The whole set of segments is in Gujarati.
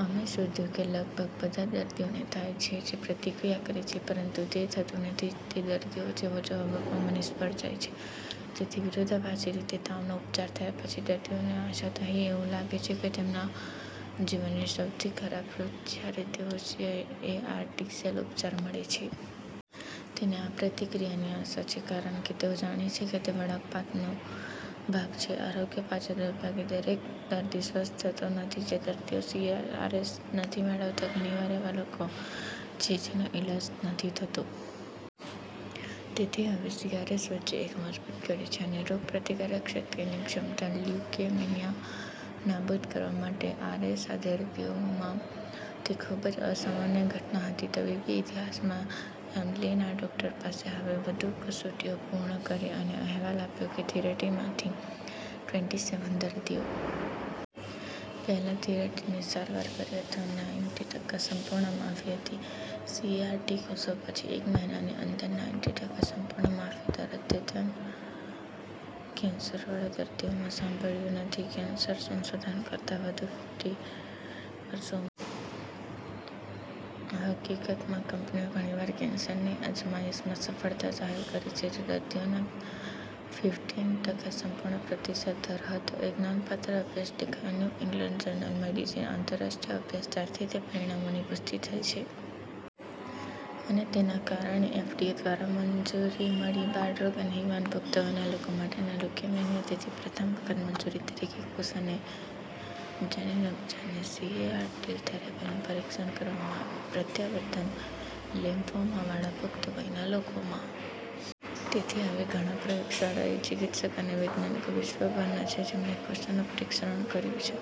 અમે શોધ્યું કે તે લગભગ બધા દર્દીઓ ને થાય છે જે પ્રતિક્રિયા કરે છે પરંતુ તે થતું નથી તે દર્દીઓ જેઓ જવાબ આપવામાં નિષ્ફળ જાય છે. તેથી વિરોધાભાસી રીતે તાવનો ઉપચાર થયા પછી દર્દીઓને આશા તહી એવું લાગે છે કે તેમના જીવનનો સૌથી ખરાબ ફલૂ જ્યારે તેઓ સીએઆર ટી-સેલ ઉપચાર મળે છે. તેને આ પ્રતિક્રિયાની આશા છે કારણ કે તેઓ જાણે છે કે તે વળાંક પાથનો ભાગ છે આરોગ્ય પાછા. દુર્ભાગ્યે, દરેક દર્દી સ્વસ્થ થતો નથી. જે દર્દીઓ સીઆરએસ નથી મેળવતા, ઘણીવાર એવા લોકો છે જેનો ઇલાજ નથી થતો. તેથી હવે સીઆરએસ વચ્ચે એક મજબૂત કડી છે અને રોગપ્રતિકારક શક્તિની ક્ષમતા લ્યુકેમિયા નાબૂદ કરવા માટે. આર.એસ.આ દર્દીઓમાં તે ખૂબ જ અસામાન્ય ઘટના હતી તબીબી ઇતિહાસમાં. એમિલીના ડોકટરો પાસે હવે વધુ કસોટીઓ પૂર્ણ કરી અને અહેવાલ આપ્યો કે થીરટી માંથી ટ્વેન્ટી સેવન દર્દીઓ. પહેલા થીરટીની સારવાર કરી અથવા નાઈન્ટી ટકા સંપૂર્ણ માફી હતી. સીએઆર ટી કોષો પછી એક મહિનાની અંદર નાઈન્ટી ટકા સંપૂર્ણ માફી દર અદ્યતન કેન્સરવાળા દર્દીઓમાં સાંભળ્યું નથી કેન્સર સંશોધન કરતાં વધુ ફિફ્ટી વર્ષોમાં. હકીકતમાં, કંપનીઓ ઘણીવાર કેન્સરની અજમાયશમાં સફળતા જાહેર કરે છે જો દર્દીઓના ફિફટિન ટકા સંપૂર્ણ પ્રતિસાદ દર હતો. એક નોંધપાત્ર અભ્યાસ દેખાયો "ન્યુ ઇંગ્લેંડ જર્નલ મેડિસિન" આંતરરાષ્ટ્રીય અભ્યાસ ત્યારથી તે પરિણામોની પુષ્ટિ થઈ છે. અને તેના કારણે એફડીએ દ્વારા મંજૂરી મળી બાળરોગ અને યુવાન પુખ્ત વયના લોકો માટેના લ્યુકેમિયા. તેથી પ્રથમ વખત મંજૂરી તરીકે કોષ અને જનીન ઉપચારની સીએઆર ટી-સેલ થેરેપીનું પરીક્ષણ કરવામાં આવ્યું પ્રત્યાવર્તન લિમ્ફોમાવાળા પુખ્ત વયના લોકોમાં. તેથી હવે ઘણા પ્રયોગશાળાઓ, ચિકિત્સકો અને વૈજ્ઞાનિકો વિશ્વભરના છે જેમણે કોષોનું પરીક્ષણ કર્યું છે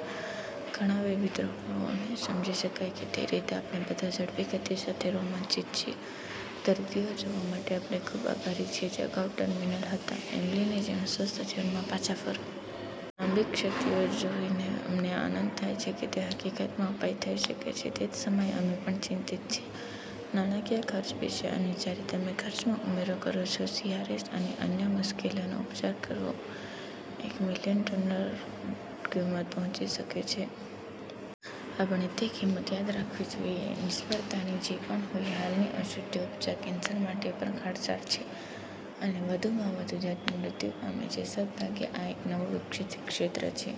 ઘણા વિવિધ રોગોમાં અને સમજી શકાય તે રીતે. આપણે બધા ઝડપી ગતિ સાથે રોમાંચિત છીએ દર્દીઓ જોવા માટે. આપણે ખૂબ આભારી છીએ જે અગાઉ ટર્મિનલ હતા એમિલીની જેમ સ્વસ્થ જીવનમાં પાછા ફરો. લાંબી ક્ષતિઓ જોઈને અમને આનંદ થાય છે. તે હકીકતમાં ઉપાય થઈ શકે છે. તે જ સમયે અમે પણ ચિંતિત છીએ નાણાકીય ખર્ચ વિશે. અને જ્યારે તમે ખર્ચમાં ઉમેરો કરો છો, સીઆરએસ અને અન્ય મુશ્કેલીઓનો ઉપચાર કરવો એક મિલિયન ડોલર કિંમત પહોંચી શકે છે. આપણે તે કિંમત યાદ રાખવી જોઈએ નિષ્ફળતાની જે પણ હોય હાલની અશુદ્ધિક ઉપચાર કેન્સર માટે પણ ખર્ચાળ છે અને વધુમાં દર્દી મૃત્યુ પામે છે. સદભાગ્યે, આ એક નવું અને વિકસિત ક્ષેત્ર છે.